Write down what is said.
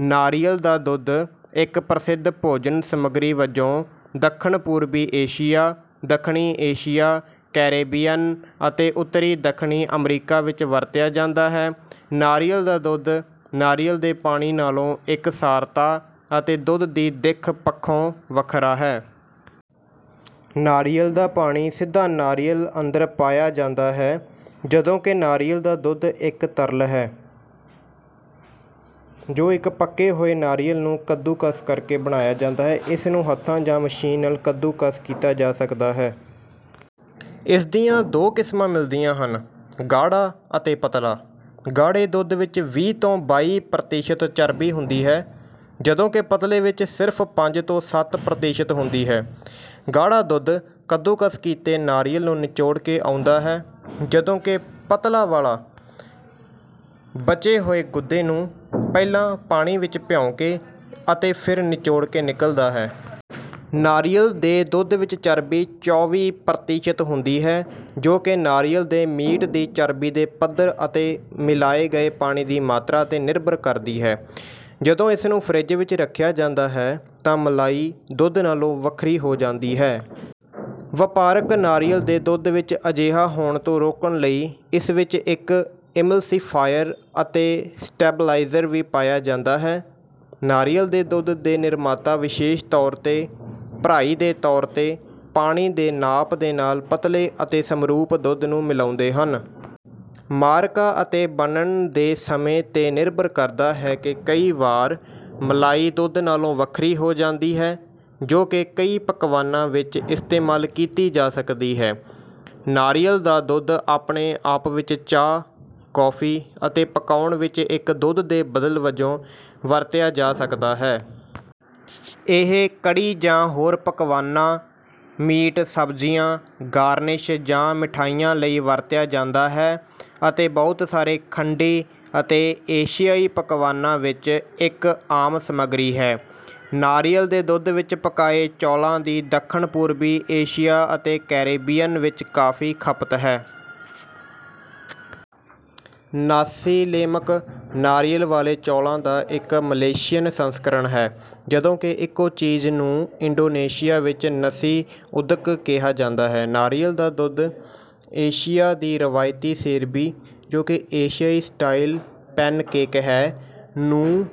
ਨਾਰੀਅਲ ਦਾ ਦੁੱਧ ਇੱਕ ਪ੍ਰਸਿੱਧ ਭੋਜਨ-ਸਮੱਗਰੀ ਵਜੋਂ ਦੱਖਣ-ਪੂਰਬੀ ਏਸ਼ੀਆ, ਦੱਖਣੀ ਏਸ਼ੀਆ, ਕੈਰੇਬੀਅਨ ਅਤੇ ਉੱਤਰੀ ਦੱਖਣੀ ਅਮਰੀਕਾ ਵਿੱਚ ਵਰਤਿਆ ਜਾਂਦਾ ਹੈ। ਨਾਰੀਅਲ ਦਾ ਦੁੱਧ ਨਾਰੀਅਲ ਦੇ ਪਾਣੀ ਨਾਲੋਂ ਇਕਸਾਰਤਾ ਅਤੇ ਦੁੱਧ ਦੀ ਦਿੱਖ ਪੱਖੋਂ ਵੱਖਰਾ ਹੈ। ਨਾਰੀਅਲ ਦਾ ਪਾਣੀ ਸਿੱਧਾ ਨਾਰੀਅਲ ਅੰਦਰ ਪਾਇਆ ਜਾਂਦਾ ਹੈ, ਜਦੋਂ ਕਿ ਨਾਰੀਅਲ ਦਾ ਦੁੱਧ ਇੱਕ ਤਰਲ ਹੈ, ਜੋ ਇੱਕ ਪੱਕੇ ਹੋਏ ਨਾਰੀਅਲ ਨੂੰ ਕੱਦੂਕਸ ਕਰਕੇ ਬਣਾਇਆ ਜਾਂਦਾ ਹੈ। ਇਸ ਨੂੰ ਹੱਥਾਂ ਜਾਂ ਮਸ਼ੀਨ ਨਾਲ ਕੱਦੂਕਸ ਕੀਤਾ ਜਾ ਸਕਦਾ ਹੈ। ਇਸ ਦੀਆਂ ਦੋ ਕਿਸਮਾਂ ਮਿਲਦੀਆਂ ਹਨ: ਗਾੜ੍ਹਾ ਅਤੇ ਪਤਲਾ। ਗਾੜ੍ਹੇ ਦੁੱਧ ਵਿੱਚ ਵੀਹ ਤੋਂ ਬਾਈ ਪ੍ਰਤੀਸ਼ਤ ਚਰਬੀ ਹੁੰਦੀ ਹੈ, ਜਦੋਂ ਕਿ ਪਤਲੇ ਵਿੱਚ ਸਿਰਫ਼ ਪੰਜ ਤੋਂ ਸੱਤ ਪ੍ਰਤੀਸ਼ਤ ਹੁੰਦੀ ਹੈ। ਗਾੜ੍ਹਾ ਦੁੱਧ ਕੱਦੂਕਸ ਕੀਤੇ ਨਾਰੀਅਲ ਨੂੰ ਨਿਚੋੜ ਕੇ ਆਉਂਦਾ ਹੈ, ਜਦੋਂ ਕਿ ਪਤਲਾ ਵਾਲਾ ਬਚੇ ਹੋਏ ਗੁੱਦੇ ਨੂੰ ਪਹਿਲਾਂ ਪਾਣੀ ਵਿੱਚ ਭਿਓਂ ਕੇ ਅਤੇ ਫਿਰ ਨਿਚੋੜ ਕੇ ਨਿਕਲਦਾ ਹੈ। ਨਾਰੀਅਲ ਦੇ ਦੁੱਧ ਵਿੱਚ ਚਰਬੀ ਚੌਵੀ ਪ੍ਰਤੀਸ਼ਤ ਹੁੰਦੀ ਹੈ, ਜੋ ਕਿ ਨਾਰੀਅਲ ਦੇ ਮੀਟ ਦੀ ਚਰਬੀ ਦੇ ਪੱਧਰ ਅਤੇ ਮਿਲਾਏ ਗਏ ਪਾਣੀ ਦੀ ਮਾਤਰਾ ’ਤੇ ਨਿਰਭਰ ਕਰਦੀ ਹੈ। ਜਦੋਂ ਇਸ ਨੂੰ ਫਰਿੱਜ ਵਿੱਚ ਰੱਖਿਆ ਜਾਂਦਾ ਹੈ ਤਾਂ ਮਲਾਈ ਦੁੱਧ ਨਾਲੋਂ ਵੱਖਰੀ ਹੋ ਜਾਂਦੀ ਹੈ। ਵਪਾਰਕ ਨਾਰੀਅਲ ਦੇ ਦੁੱਧ ਵਿੱਚ ਅਜਿਹਾ ਹੋਣ ਤੋਂ ਰੋਕਣ ਲਈ ਇਸ ਵਿੱਚ ਇੱਕ ਇਮਲਸੀਫਾਇਰ ਅਤੇ ਸਟੇਬਲਾਈਜ਼ਰ ਵੀ ਪਾਇਆ ਜਾਂਦਾ ਹੈ। ਨਾਰੀਅਲ ਦੇ ਦੁੱਧ ਦੇ ਨਿਰਮਾਤਾ ਵਿਸ਼ੇਸ਼ ਤੌਰ ’ਤੇ ਭਰਾਈ ਦੇ ਤੌਰ ’ਤੇ ਪਾਣੀ ਦੇ ਨਾਪ ਦੇ ਨਾਲ ਪਤਲੇ ਅਤੇ ਸਮਰੂਪ ਦੁੱਧ ਨੂੰ ਮਿਲਾਉਂਦੇ ਹਨ। ਮਾਰਕਾ ਅਤੇ ਬਣਨ ਦੇ ਸਮੇਂ ’ਤੇ ਨਿਰਭਰ ਕਰਦਾ ਹੈ ਕਿ ਕਈ ਵਾਰ ਮਲਾਈ ਦੁੱਧ ਨਾਲੋਂ ਵੱਖਰੀ ਹੋ ਜਾਂਦੀ ਹੈ, ਜੋ ਕਿ ਕਈ ਪਕਵਾਨਾਂ ਵਿੱਚ ਇਸਤੇਮਾਲ ਕੀਤੀ ਜਾ ਸਕਦੀ ਹੈ। ਨਾਰੀਅਲ ਦਾ ਦੁੱਧ ਆਪਣੇ ਆਪ ਵਿੱਚ ਚਾਹ, ਕੌਫੀ ਅਤੇ ਪਕਾਉਣ ਵਿੱਚ ਇੱਕ ਦੁੱਧ ਦੇ ਬਦਲ ਵਜੋਂ ਵਰਤਿਆ ਜਾ ਸਕਦਾ ਹੈ। ਇਹ ਕੜ੍ਹੀ ਜਾਂ ਹੋਰ ਪਕਵਾਨਾਂ, ਮੀਟ, ਸਬਜ਼ੀਆਂ, ਗਾਰਨਿਸ਼ ਜਾਂ ਮਿਠਾਈਆਂ ਲਈ ਵਰਤਿਆ ਜਾਂਦਾ ਹੈ ਅਤੇ ਬਹੁਤ ਸਾਰੇ ਖੰਡੀ ਅਤੇ ਏਸ਼ਿਆਈ ਪਕਵਾਨਾਂ ਵਿੱਚ ਇੱਕ ਆਮ ਸਮੱਗਰੀ ਹੈ। ਨਾਰੀਅਲ ਦੇ ਦੁੱਧ ਵਿੱਚ ਪਕਾਏ ਚੌਲਾਂ ਦੀ ਦੱਖਣ-ਪੂਰਬੀ ਏਸ਼ੀਆ ਅਤੇ ਕੈਰੀਬੀਅਨ ਵਿੱਚ ਕਾਫ਼ੀ ਖਪਤ ਹੈ। ਨਾਸੀ ਲੇਮਕ, ਨਾਰੀਅਲ ਵਾਲੇ ਚੌਲਾਂ ਦਾ ਇੱਕ ਮਲੇਸ਼ੀਅਨ ਸੰਸਕਰਣ ਹੈ, ਜਦੋਂ ਕਿ ਇੱਕੋ ਚੀਜ਼ ਨੂੰ ਇੰਡੋਨੇਸ਼ੀਆ ਵਿੱਚ ਨਸੀ ਉਦੁਕ ਕਿਹਾ ਜਾਂਦਾ ਹੈ। ਨਾਰੀਅਲ ਦਾ ਦੁੱਧ ਏਸ਼ੀਆ ਦੀ ਰਵਾਇਤੀ ਸੇਰਬੀ, ਜੋ ਕਿ ਏਸ਼ਿਆਈ ਸਟਾਈਲ ਪੈਨਕੇਕ ਹੈ, ਨੂੰ...